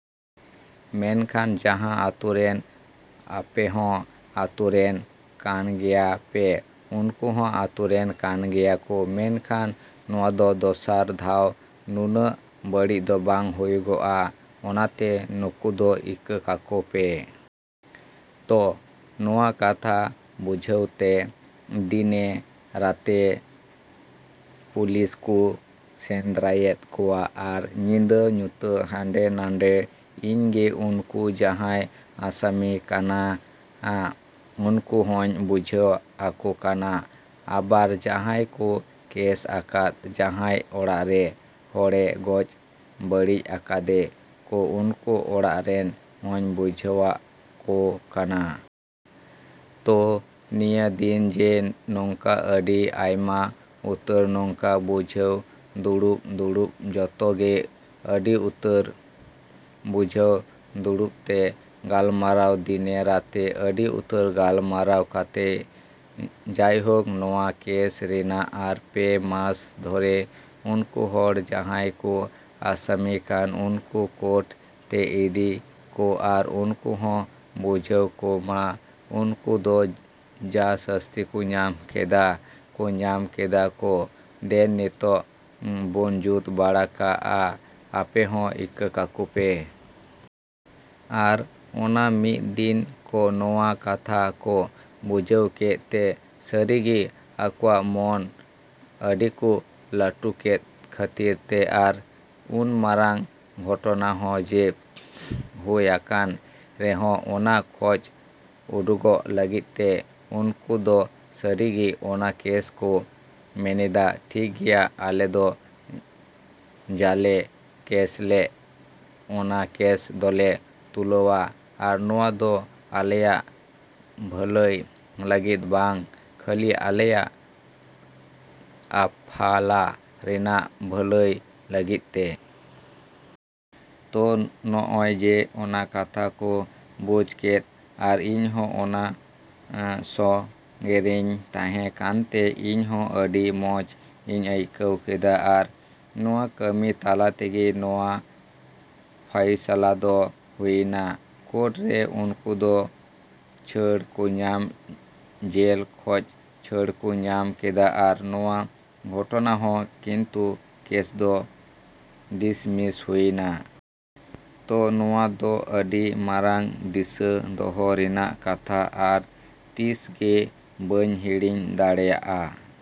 ᱢᱮᱱᱠᱷᱟᱱ ᱡᱟᱦᱟᱸ ᱟᱛᱳᱨᱮᱱ ᱟᱯᱮ ᱦᱚᱸ ᱟᱛᱳ ᱨᱮᱱ ᱠᱟᱱᱜᱮᱭᱟ ᱯᱮ ᱱᱩᱠᱩ ᱦᱚᱸ ᱟᱛᱳ ᱨᱮᱱ ᱠᱟᱱ ᱜᱮᱭᱟ ᱠᱚ ᱢᱮᱱᱠᱷᱟᱱ ᱱᱚᱶᱟ ᱫᱚ ᱫᱚᱥᱟᱨ ᱫᱷᱟᱣ ᱱᱩᱱᱟᱹᱜ ᱵᱟᱹᱲᱤᱡ ᱫᱚ ᱵᱟᱝ ᱦᱩᱭᱩᱜᱼᱟ, ᱚᱱᱟ ᱛᱮ ᱱᱩᱠᱩ ᱫᱚ ᱤᱠᱟᱹ ᱠᱟᱠᱚ ᱯᱮ᱾ ᱛᱚ ᱱᱚᱶᱟ ᱠᱟᱛᱷᱟ ᱵᱩᱡᱷᱟᱹᱣ ᱛᱮ ᱫᱤᱱᱮ ᱨᱟᱛᱮ ᱯᱩᱞᱤᱥ ᱠᱚ ᱥᱮᱸᱫᱽᱨᱟᱭᱮᱫ ᱠᱚᱣᱟ ᱟᱨ ᱧᱤᱫᱟᱹ ᱧᱩᱛᱟᱹ ᱦᱟᱰᱮ ᱱᱚᱰᱮ ᱤᱧ ᱜᱮ ᱩᱱᱠᱩ ᱡᱟᱦᱟᱸᱭ ᱟᱥᱟᱢᱤ ᱠᱟᱱᱟ ᱩᱱᱠᱩ ᱦᱚᱸᱧ ᱵᱩᱡᱷᱟᱹᱣ ᱟᱠᱚ ᱠᱟᱱᱟ, ᱟᱵᱟᱨ ᱡᱟᱦᱟᱸᱭ ᱠᱚ ᱠᱮᱥ ᱟᱠᱟᱫ ᱡᱟᱦᱟᱸᱭ ᱚᱲᱟᱜ ᱨᱮ ᱦᱚᱲᱮ ᱜᱚᱡᱽ ᱵᱟᱹᱲᱤᱡ ᱟᱠᱟᱫᱮ ᱠᱚ ᱩᱱᱠᱩ ᱚᱲᱟᱜ ᱨᱮᱱ ᱦᱚᱸᱧ ᱵᱩᱡᱷᱟᱹᱣ ᱟᱹᱠᱚ ᱠᱟᱱᱟ᱾ ᱛᱚ ᱛᱤᱱᱟᱹᱜ ᱫᱤᱱ ᱡᱮ ᱱᱚᱱᱠᱟ ᱟᱹᱰᱤ ᱟᱭᱢᱟ ᱩᱛᱟᱹᱨ ᱱᱚᱠᱟ ᱵᱩᱡᱷᱟᱹᱣ ᱫᱩᱲᱩᱵ ᱫᱩᱲᱩᱵ ᱡᱚᱛᱚ ᱜᱮ ᱟᱹᱰᱤ ᱩᱛᱟᱹᱨ ᱵᱩᱡᱷᱟᱹᱣ ᱫᱩᱲᱩᱵᱛᱮ ᱜᱟᱞᱢᱟᱨᱟᱣ ᱫᱤᱱᱮ ᱨᱟᱛᱮ ᱟᱹᱰᱤ ᱩᱛᱟᱹᱨ ᱜᱟᱞᱢᱟᱨᱟᱣ ᱠᱟᱛᱮ ᱡᱟᱭᱦᱳᱠ ᱱᱚᱶᱟ ᱠᱮᱥ ᱨᱮᱱᱟᱜ ᱟᱨ ᱯᱮ ᱢᱟᱥ ᱫᱷᱚᱨᱮ ᱩᱱᱠᱩ ᱦᱚᱲ ᱡᱟᱦᱟᱸᱭ ᱠᱚ ᱟᱥᱟᱢᱤ ᱠᱟᱱ ᱩᱱᱠᱩ ᱠᱳᱴ ᱛᱮ ᱤᱫᱤ ᱠᱚ ᱟᱨ ᱱᱩᱠᱩ ᱦᱚᱸ ᱵᱩᱡᱷᱟᱹᱣ ᱠᱚ ᱢᱟ ᱩᱱᱠᱩ ᱫᱚ ᱡᱟ ᱥᱟᱹᱥᱛᱤ ᱠᱚ ᱧᱟᱢ ᱠᱮᱫᱟ ᱠᱚ ᱧᱟᱢ ᱠᱮᱫᱟ ᱠᱚ ᱫᱮᱱ ᱱᱤᱛᱚᱜ ᱵᱚᱱ ᱡᱩᱛ ᱵᱟᱲᱟ ᱠᱟᱜᱼᱟ ᱟᱯᱮ ᱦᱚᱸ ᱤᱠᱟᱹ ᱠᱟᱠᱚ ᱯᱮ᱾ ᱟᱨ ᱚᱱᱟ ᱢᱤᱫ ᱫᱤᱱ ᱠᱚ ᱱᱚᱶᱟ ᱠᱟᱛᱷᱟ ᱠᱚ ᱵᱩᱡᱷᱟᱹᱣ ᱠᱮᱫ ᱛᱮ ᱥᱟᱹᱨᱤ ᱜᱮ ᱟᱠᱚᱣᱟᱜ ᱢᱚᱱ ᱟᱹᱰᱤᱠᱚ ᱞᱟᱹᱴᱩ ᱠᱮᱫ ᱠᱷᱟᱹᱛᱤᱨ ᱛᱮ ᱟᱨ ᱩᱱ ᱢᱟᱨᱟᱝ ᱜᱷᱚᱴᱚᱱᱟ ᱦᱚᱸ ᱡᱮ ᱦᱩᱭ ᱟᱠᱟᱱ ᱨᱮᱦᱚᱸ ᱚᱱᱟ ᱠᱷᱚᱡ ᱩᱰᱩᱠᱚᱜ ᱞᱟᱹᱜᱤᱫ ᱛᱮ ᱩᱱᱠᱩᱫᱚ ᱥᱟᱹᱨᱤᱜᱤ ᱚᱱᱟ ᱠᱮᱥ ᱠᱚ ᱢᱮᱱᱮᱫᱟ ᱴᱷᱤᱠ ᱜᱮᱭᱟ ᱟᱞᱮ ᱫᱚ ᱡᱟᱞᱮ ᱠᱮᱥᱞᱮᱫ ᱚᱱᱟ ᱠᱮᱥ ᱫᱚᱞᱮ ᱛᱩᱞᱟᱹᱣᱟ ᱟᱨ ᱱᱚᱶᱟ ᱫᱚ ᱟᱞᱮᱭᱟᱜ ᱵᱷᱟᱹᱞᱟᱹᱭ ᱞᱟᱹᱜᱤᱫ ᱵᱟᱝ ᱠᱷᱟᱹᱞᱤ ᱟᱞᱮᱭᱟᱜ ᱟᱯᱷᱟᱞᱟ ᱨᱮᱱᱟᱜ ᱵᱷᱟᱹᱞᱟᱹᱭ ᱞᱟᱹᱜᱤᱫ ᱛᱮ᱾ ᱛᱚ ᱱᱚᱜᱚᱭ ᱡᱮ ᱚᱱᱟ ᱠᱟᱛᱷᱟ ᱠᱚ ᱵᱩᱡ ᱠᱮᱫ ᱟᱨ ᱤᱧ ᱦᱚᱸ ᱚᱱᱟ ᱥᱚᱸᱜᱮᱨᱤᱧ ᱛᱟᱦᱮᱸ ᱠᱟᱱᱛᱮ ᱤᱧ ᱦᱚᱸ ᱟᱹᱰᱤ ᱢᱚᱸᱡᱽ ᱤᱧ ᱟᱹᱭᱠᱟᱹᱣ ᱠᱮᱫᱟ᱾ ᱟᱨ ᱱᱚᱶᱟ ᱠᱟᱹᱢᱤ ᱛᱟᱞᱟ ᱛᱮᱜᱮ ᱱᱚᱶᱟ ᱯᱷᱚᱭᱥᱚᱞᱟ ᱫᱚ ᱦᱩᱭᱮᱱᱟ᱾ ᱠᱳᱴ ᱨᱮ ᱩᱱᱠᱩ ᱫᱚ ᱪᱷᱟᱹᱲ ᱠᱚ ᱧᱟᱢ ᱡᱮᱞ ᱠᱷᱚᱡ ᱪᱷᱟᱹᱲ ᱠᱚ ᱧᱟᱢ ᱠᱮᱫᱟ ᱟᱨ ᱱᱚᱣᱟ ᱜᱷᱚᱴᱚᱱᱟ ᱦᱚᱸ ᱠᱤᱱᱛᱩ ᱠᱮᱥ ᱫᱚ ᱰᱤᱥᱢᱤᱥ ᱦᱩᱭᱮᱱᱟ᱾ ᱛᱚ ᱱᱚᱣᱟ ᱫᱚ ᱟᱹᱰᱤ ᱢᱟᱨᱟᱝ ᱫᱤᱥᱟᱹ ᱫᱚᱦᱚ ᱨᱮᱱᱟᱜ ᱠᱟᱛᱷᱟ ᱟᱨ ᱛᱤᱥ ᱜᱮ ᱵᱟᱹᱧ ᱦᱤᱲᱤᱧ ᱫᱟᱲᱮᱭᱟᱜᱼᱟ।